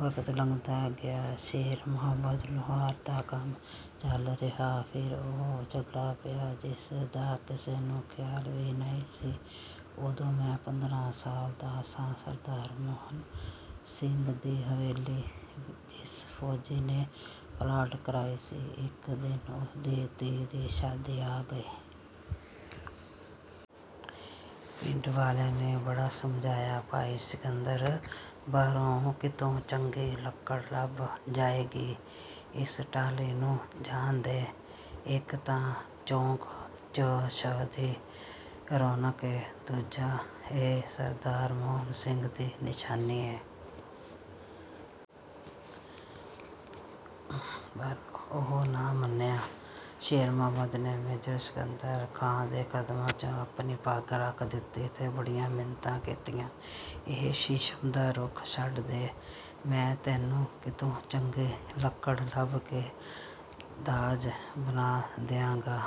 ਵਕਤ ਲੰਘਦਾ ਗਿਆ, ਸ਼ੇਰ ਮੁਹੰਮਦ ਲੁਹਾਰ ਦਾ ਕੰਮ ਚੱਲ ਰਿਹਾ । ਫਿਰ ਉਹ ਝਗੜਾ ਪਿਆ, ਜਿਸ ਦਾ ਕਿਸੇ ਨੂੰ ਖ਼ਿਆਲ ਵੀ ਨਹੀਂ ਸੀ। ਉਦੋਂ ਮੈਂ ਪੰਦਰਾਂ ਸਾਲ ਦਾ ਸਾਂ। ਸਰਦਾਰ ਮੋਹਨ ਸਿੰਘ ਦੀ ਹਵੇਲੀ ਜਿਸ ਫੌਜੀ ਨੇ ਅਲਾਟ ਕਰਾਈ ਸੀ, ਇਕ ਦਿਨ ਉਹਦੀ ਧੀ ਦੀ ਸ਼ਾਦੀ ਆ ਗਈ। ਪਿੰਡ ਵਾਲਿਆਂ ਨੇ ਬੜਾ ਸਮਝਾਇਆ, "ਭਾਈ ਸਿਕੰਦਰ! ਬਾਹਰੋਂ ਕਿਤੋਂ ਚੰਗੀ ਲੱਕੜ ਲੱਭ ਜਾਏਗੀ। ਇਸ ਟਾਹਲੀ ਨੂੰ ਜਾਣ ਦੇ। ਇਕ ਤਾਂ ਚੌਕ 'ਚ ਛਾਂ ਦੀ ਰੌਣਕ ਏ, ਦੂਜਾ ਇਹ ਸਰਦਾਰ ਮੋਹਨ ਸਿੰਘ ਦੀ ਨਿਸ਼ਾਨੀ ਏ।" ਪਰ ਉਹ ਨਾ ਮੰਨਿਆ। ਸ਼ੇਰ ਮੁਹੰਮਦ ਨੇ ਮੇਜਰ ਸਿਕੰਦਰ ਖਾਂ ਦੇ ਕਦਮਾਂ 'ਚ ਆਪਣੀ ਪੱਗ ਰੱਖ ਦਿੱਤੀ ਤੇ ਬੜੀਆਂ ਮਿੰਨਤਾਂ ਕੀਤੀਆਂ, "ਇਹ ਸ਼ੀਸ਼ਮ ਦਾ ਰੁੱਖ ਛੱਡ ਦੇ। ਮੈਂ ਤੈਨੂੰ ਕਿਤੋਂ ਚੰਗੀ ਲੱਕੜ ਲੱਭ ਕੇ ਦਾਜ ਬਣਾ ਦਿਆਂਗਾ।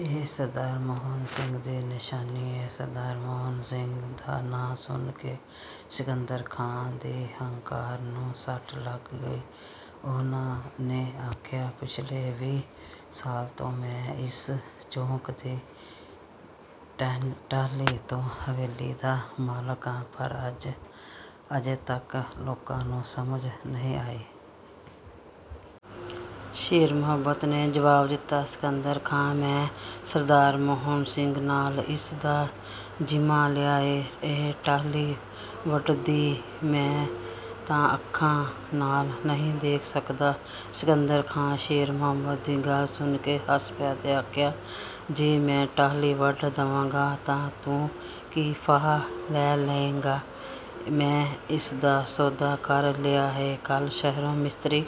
ਇਹ ਸਰਦਾਰ ਮੋਹਨ ਸਿੰਘ ਦੀ ਨਿਸ਼ਾਨੀ ਏ।" ਸਰਦਾਰ ਮੋਹਨ ਸਿੰਘ ਦਾ ਨਾਂ ਸੁਣ ਕੇ ਸਿਕੰਦਰ ਖਾਂ ਦੇ ਹੰਕਾਰ ਨੂੰ ਸੱਟ ਲੱਗ ਗਈ। ਉਹਨਾ ਨੇ ਆਖਿਆ, "ਪਿਛਲੇ ਵੀਹ ਸਾਲ ਤੋਂ ਮੈਂ ਇਸ ਚੌਕ ਦੀ ਟਾਹਲੀ ਤੋਂ ਹਵੇਲੀ ਦਾ ਮਾਲਕ ਆਂ, ਪਰ ਅਜੇ ਤੱਕ ਲੋਕਾਂ ਨੂੰ ਸਮਝ ਨਹੀਂ ਆਈ। ਸ਼ੇਰ ਮੁਹੰਮਦ ਨੇ ਜਵਾਬ ਦਿੱਤਾ, "ਸਿਕੰਦਰ ਖਾਂ, ਮੈਂ ਸਰਦਾਰ ਮੋਹਨ ਸਿੰਘ ਨਾਲ ਇਸ ਦਾ ਜ਼ਿੰਮਾ ਲਿਆ ਏ। ਇਹ ਟਾਹਲੀ ਵੱਢੀਂਦੀ ਮੈਂ ਤਾਂ ਅੱਖਾਂ ਨਾਲ ਨਹੀਂ ਦੇਖ ਸਕਦਾ।" ਸਿਕੰਦਰ ਖਾਂ ਸ਼ੇਰ ਮੁਹੰਮਦ ਦੀ ਗੱਲ ਸੁਣ ਕੇ ਹੱਸ ਪਿਆ ਤੇ ਆਖਿਆ, "ਜੇ ਮੈਂ ਟਾਹਲੀ ਵੱਢ ਦਵਾਂਗਾ ਤਾਂ ਤੂੰ ਕੀ ਫਾਹਾ ਲੈ ਲੈਂਗਾ? ਮੈਂ ਇਸਦਾ ਸੌਦਾ ਕਰ ਲਿਆ ਹੈ। ਕੱਲ੍ਹ ਸ਼ਹਿਰੋਂ ਮਿਸਤਰੀ..."